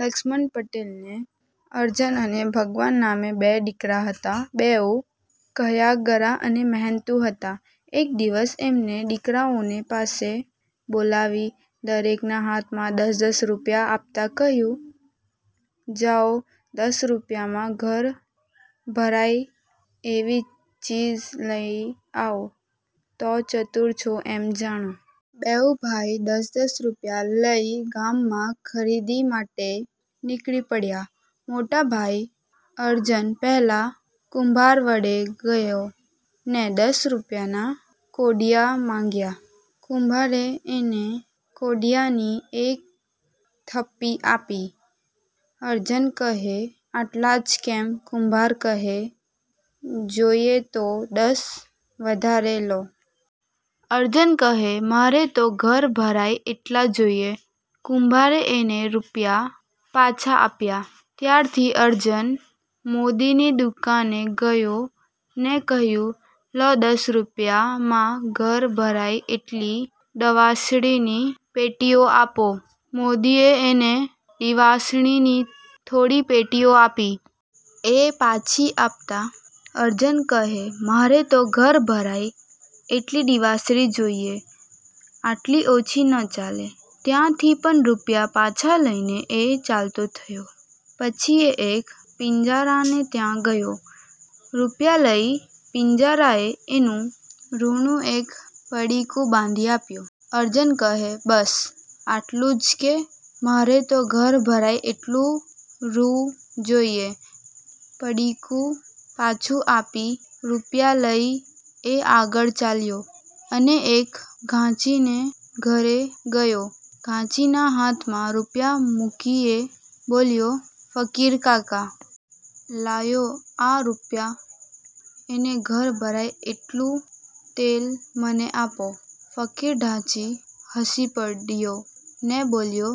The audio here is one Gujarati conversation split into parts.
લક્ષ્મણ પટેલને અરજણ અને ભગવાન નામે બે દીકરા હતા. બેઉ કહ્યાગરા અને મહેનતુ હતા. એક દિવસ એમણે દીકરાઓને પાસે બોલાવી, દરેકના હાથમાં દશ-દશ રૂપિયા આપતાં કહ્યું, જાઓ, દશ રૂપિયામાં ઘર ભરાય એવી ચીજ લઈ આવો તો ચતુર છો એમ જાણું. બેઉ ભાઈ દશ-દશ રૂપિયા લઈ ગામમાં ખરીદી માટે નીકળી પડ્યા. મોટો ભાઈ અરજણ પહેલાં કુંભારવાડે ગયો ને દશ રૂપિયાનાં કોડિયાં માગ્યાં. કુંભારે એને કોડિયાંની એક થપ્પી આપી. અરજણ કહે: આટલાં જ કેમ? કુંભાર કહે: 'જોઈએ તો દશ વધારે લો. અરજણ કહે: મારે તો ઘર ભરાય એટલાં જોઈએ. કુંભારે એને રૂપિયા પાછા આપ્યા. ત્યાંથી અરજણ મોદીની દુકાને ગયો ને કહ્યું: લો દશ રૂપિયામાં ઘર ભરાય એટલી દવાસળીની પેટીઓ આપો. મોદીએ એને દીવાસળીની થોડી પેટીઓ આપી. એ પાછી આપતાં અરજણ કહે, મારે તો ઘર ભરાય એટલી દીવાસળી જોઈએ. આટલી ઓછી ન ચાલે. ત્યાંથી પણ રૂપિયા પાછા લઈને એ ચાલતો થયો. પછી એ એક પીંજારાને ત્યાં ગયો. રૂપિયા લઈ પીંજારાએ એને રૂનું એક પડીકું બાંધી આપ્યું. અરજણ કહે, બસ, આટલું જ કે? મારે તો ઘર ભરાય એટલું રૂ જોઈએ. પડીકું પાછું આપી, રૂપિયા લઈ, એ આગળ ચાલ્યો અને એક ઘાંચીને ઘેર ગયો. ઘાંચીના હાથમાં રૂપિયા મૂકી એ બોલ્યો: ફકીરકાકા! લ્યો આ રૂપિયા અને ઘર ભરાય એટલું તેલ મને આપો. ફકીર ઘાંચી હસી પડ્યો ને બોલ્યો,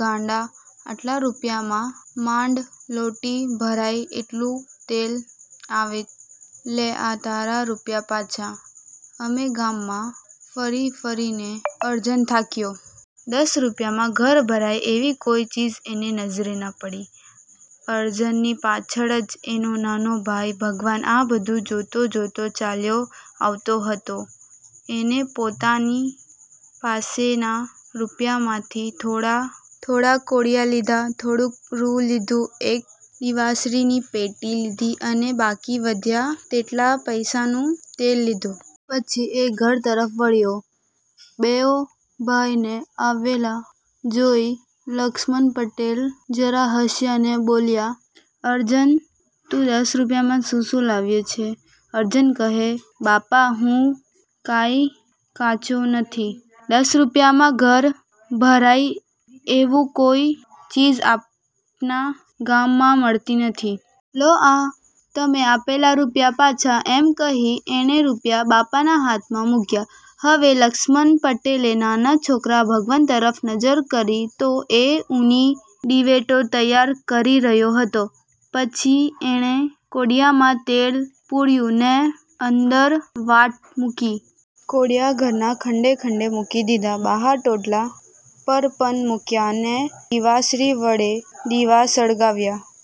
ગાંડા! આટલા રૂપિયામાં માંડ લોટી ભરાય એટલું તેલ આવે. લે, આ તારા રૂપિયા પાછા. એમ ગામમાં ફરી ફરીને અરજણ થાક્યો. દશ રૂપિયામાં ઘર ભરાય એવી કોઈ ચીજ એની નજરે ના પડી. અરજણની પાછળ જ એનો નાનો ભાઈ ભગવાન આ બધું જોતો જોતો ચાલ્યો આવતો હતો. એણે પોતાની પાસેના રૂપિયામાંથી થોડાં કોડિયાં લીધાં. થોડુંક રૂ લીધું, એક દીવાસળીની પેટી લીધી અને બાકી વધ્યા તેટલા પૈસાનું તેલ લીધું. પછી એ ઘર તરફ વળ્યો. બેઉ ભાઈને આવેલા જોઈ લક્ષ્મણ પટેલ જરા હસ્યા ને બોલ્યા, અરજણ! તું દશ રૂપિયામાં શું શું લાવ્યો છે? અરજણ કહે, બાપા! હું કાંઈ કાચો નથી. દશ રૂપિયામાં ઘર ભરાય એવી કોઈ ચીજ આપણા ગામમાં મળતી નથી. લો, આ તમે આપેલા રૂપિયા પાછા. એમ કહી એણે રૂપિયા બાપાના હાથમાં મૂક્યા.. હવે લક્ષ્મણ પટેલે નાના દીકરા ભગવાન તરફ નજર કરી તો એ રૂની દિવેટો તૈયાર કરી રહ્યો હતો. પછી એણે કોડિયામાં તેલ પૂર્યું ને અંદર વાટ મૂકી. કોડિયાં ઘરના ખંડે ખંડે મૂકી દીધાં. બહાર ટોડલા પર પણ મૂક્યાં, ને દીવાસળી વડે દીવા સળગાવ્યા.